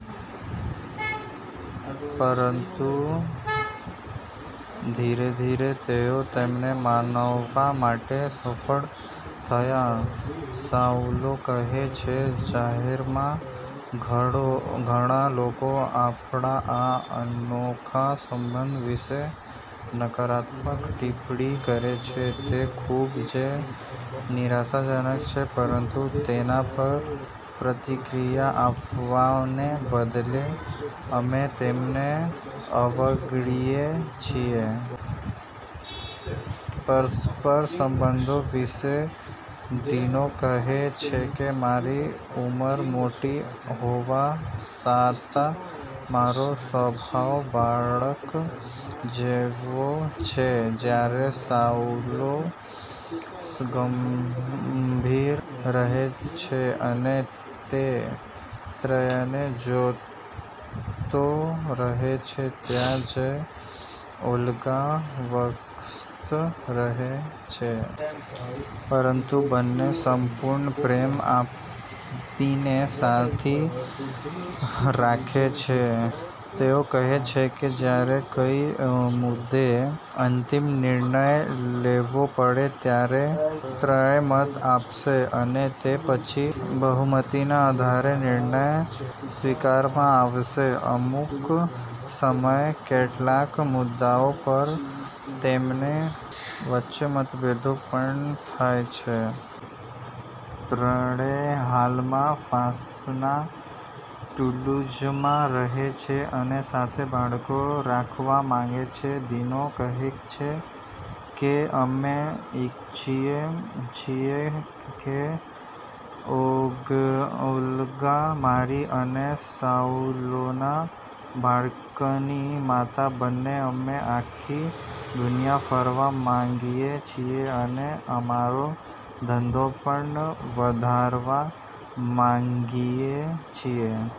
પરંતુ ધીરે ધીરે, તેઓ તેમને મનાવવા માટે સફળ થયા. સાઉલો કહે છે, જાહેરમાં ઘણા લોકો આપણા આ અનોખા સંબંધ વિશે નકારાત્મક ટિપ્પણી કરે છે. તે ખૂબ જ નિરાશાજનક છે પરંતુ તેના પર પ્રતિક્રિયા આપવાને બદલે, અમે તેમને અવગણીએ છીએ. પરસ્પર સંબંધો વિશે દીનો કહે છે કે, મારી ઉંમર મોટી હોવા છતાં મારો સ્વભાવ બાળક જેવો છે. જ્યારે સાઉલો ગંભીર રહે છે અને તે ત્રણેયને જોડતો રહે છે. ત્યાં જ ઓલ્ગા વ્યસ્ત રહે છે. પરંતુ બંનેને સંપૂર્ણ પ્રેમ આપીને સાથે રાખે છે. તેઓ કહે છે કે, જ્યારે કોઈ મુદ્દે અંતિમ નિર્ણય લેવો પડે, ત્યારે ત્રણેય મત આપશે અને તે પછી બહુમતીના આધારે નિર્ણય સ્વીકારવામાં આવશે. અમુક સમયે કેટલાક મુદ્દાઓ પર તેમની વચ્ચે મતભેદો પણ થાય છે. ત્રણેય હાલમાં ફ્રાંસના ટુલૂઝમાં રહે છે અને સાથે બાળકો રાખવા માંગે છે. દીનો કહે છે કે, અમે ઇચ્છીએ છીએ કે ઓલ્ગા મારી અને સાઉલોના બાળકની માતા બને. અમે આખી દુનિયા ફરવા માંગીએ છીએ અને અમારો ધંધો પણ વધારવા માંગીએ છીએ.